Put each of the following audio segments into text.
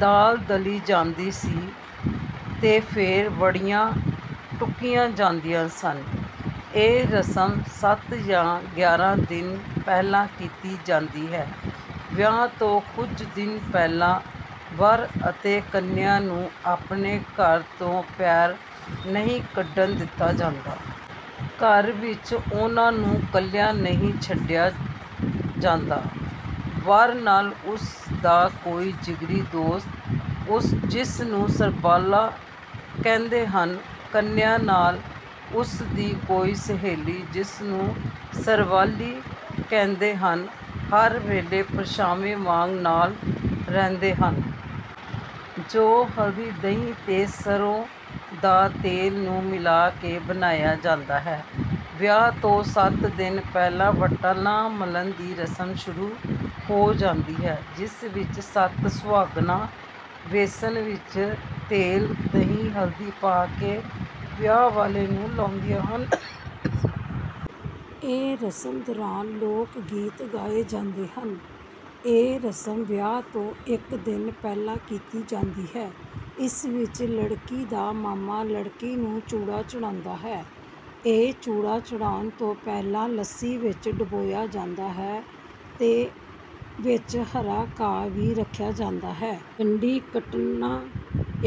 ਦਾਲ ਦਲੀ ਜਾਂਦੀ ਸੀ ਤੇ ਫਿਰ ਵੜੀਆਂ ਟੁੱਕੀਆਂ ਜਾਂਦੀਆਂ ਸਨ। ਇਹ ਰਸਮ ਸੱਤ ਜਾਂ ਗਿਆਰਾਂ ਦਿਨ ਪਹਿਲਾਂ ਕੀਤੀ ਜਾਂਦੀ ਹੈ। ਵਿਆਹ ਤੋਂ ਕੁਝ ਦਿਨ ਪਹਿਲਾਂ ਵਰ ਅਤੇ ਕੰਨਿਆ ਨੂੰ ਆਪਣੇ ਘਰ ਤੋਂ ਪੈਰ ਨਹੀਂ ਕੱਢਣ ਦਿੱਤਾ ਜਾਂਦਾ। ਘਰ ਵਿੱਚ ਉਹਨਾਂ ਨੂੰ ਇਕੱਲਾ ਨਹੀਂ ਛੱਡਿਆ ਜਾਂਦਾ। ਵਰ ਨਾਲ ਉਸਦਾ ਕੋਈ ਜਿਗਰੀ ਦੋਸਤ ਜਿਸਨੂੰ ਸਰਬਾਲਾ ਕਹਿੰਦੇ ਹਨ। ਕੰਨਿਆ ਨਾਲ ਉਸਦੀ ਕੋਈ ਸਹੇਲੀ ਜਿਸਨੂੰ ਸਰਵਾਲੀ ਕਹਿੰਦੇ ਹਨ। ਹਰ ਵੇਲੇ ਪਰਛਾਵੇ ਵਾਂਗ ਨਾਲ ਰਹਿੰਦੇ ਹਨ। ਜੋ ਹਲਦੀ ਦਹੀ ਤੇ ਸਰੋਂ ਦਾ ਤੇਲ ਨੂੰ ਮਿਲਾ ਕੇ ਬਣਾਇਆ ਜਾਂਦਾ ਹੈ। ਵਿਆਹ ਤੋਂ ਸੱਤ ਦਿਨ ਪਹਿਲਾਂ ਵੱਟਣਾ ਮਲਣ ਦੀ ਰਸਮ ਸ਼ੁਰੂ ਹੋ ਜਾਂਦੀ ਹੈ। ਇਸ ਵਿੱਚ ਸੱਤ ਸੁਹਾਗਣਾਂ ਵੈਸਣ ਵਿੱਚ ਤੇਲ ਦਹੀ ਹਲਦੀ ਪਾ ਕੇ ਵਿਆਹ ਵਾਲੇ ਨੂੰ ਲਗਾਉਂਦੀਆਂ ਹਨ। ਇਹ ਰਸਮ ਦੌਰਾਨ ਲੋਕ ਗੀਤ ਗਾਏ ਜਾਂਦੇ ਹਨ। ਇਹ ਰਸਮ ਵਿਆਹ ਤੋਂ ਇੱਕ ਦਿਨ ਪਹਿਲਾਂ ਕੀਤੀ ਜਾਂਦੀ ਹੈ। ਇਸ ਵਿੱਚ ਲੜਕੀ ਦਾ ਮਾਮਾ ਲੜਕੀ ਨੂੰ ਚੂੜਾ ਚੜਾਉਂਦਾ ਹੈ। ਇਹ ਚੂੜਾ ਚੜਾਉਣ ਤੋਂ ਪਹਿਲਾਂ ਲੱਸੀ ਵਿੱਚ ਡੁਬੋਇਆ ਜਾਂਦਾ ਹੈ ਤੇ ਵਿੱਚ ਹਰਾ ਘਾਹ ਵੀ ਰੱਖਿਆ ਜਾਂਦਾ ਹੈ। ਜੰਡੀ ਕੱਟਣਾ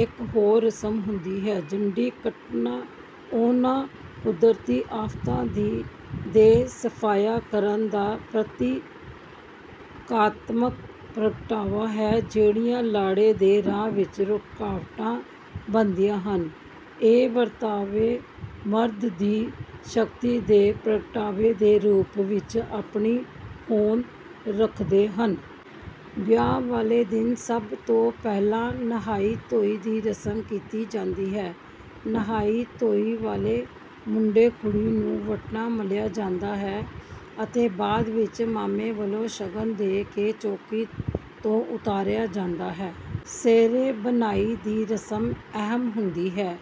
ਇੱਕ ਹੋਰ ਰਸਮ ਹੁੰਦੀ ਹੈ। ਜੰਡੀ ਕੱਟਣਾ ਉਹਨਾਂ ਕੁਦਰਤੀ ਆਫਤਾਂ ਦੇ ਸਫਾਇਆ ਕਰਨ ਦਾ ਪ੍ਰਤੀਕਾਤਮਕ ਪ੍ਰਗਟਾਵਾ ਹੈ ਜਿਹੜੀਆਂ ਲਾੜੇ ਦੇ ਰਾਹ ਵਿੱਚ ਰੁਕਾਵਟ ਬਣਦੀਆਂ ਹਨ। ਇਹ ਵਰਤਾਰੇ ਮਰਦ ਦੀ ਸ਼ਕਤੀ ਦੇ ਪ੍ਰਗਟਾਵੇ ਦੇ ਰੂਪ ਵਿੱਚ ਆਪਣੀ ਹੋਂਦ ਰੱਖਦੇ ਹਨ। ਵਿਆਹ ਵਾਲੇ ਦਿਨ ਸਭ ਤੋਂ ਪਹਿਲਾਂ ਨਹਾਈ ਧੋਈ ਦੀ ਰਸਮ ਕੀਤੀ ਜਾਂਦੀ ਹੈ। ਨਹਾਈ ਧੋਈ ਵੇਲੇ ਮੁੰਡੇ ਕੁੜੀ ਨੂੰ ਵਟਣਾ ਮਲਿਆ ਜਾਂਦਾ ਹੈ ਅਤੇ ਬਾਅਦ ਵਿੱਚ ਮਾਮੇ ਵੱਲੋਂ ਸ਼ਗਨ ਦੇ ਕੇ ਚੌਂਕੀ ਤੋਂ ਉਤਾਰਿਆ ਜਾਂਦਾ ਹੈ। ਸਿਹਰੇ ਬੰਨ੍ਹਾਈ ਦੀ ਰਸਮ ਅਹਿਮ ਹੁੰਦੀ ਹੈ।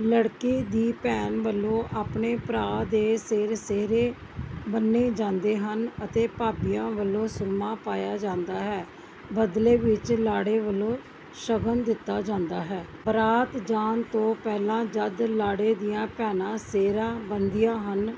ਲੜਕੇ ਦੀ ਭੈਣ ਵੱਲੋਂ ਆਪਣੇ ਭਰਾ ਦੇ ਸਿਰ ਸਿਹਰੇ ਬੰਨ੍ਹੇ ਜਾਂਦੇ ਹਨ ਅਤੇ ਭਾਬੀਆਂ ਵੱਲੋਂ ਸੁਰਮਾ ਪਾਇਆ ਜਾਂਦਾ ਹੈ। ਬਦਲੇ ਵਿੱਚ ਲਾੜੇ ਵੱਲੋਂ ਸ਼ਗਨ ਦਿੱਤਾ ਜਾਂਦਾ ਹੈ। ਬਰਾਤ ਜਾਣ ਤੋਂ ਪਹਿਲਾਂ ਜਦੋਂ ਲਾੜੇ ਦੀਆਂ ਭੈਣਾਂ ਸਿਹਰੇ ਬੰਨ੍ਹਦੀਆਂ ਹਨ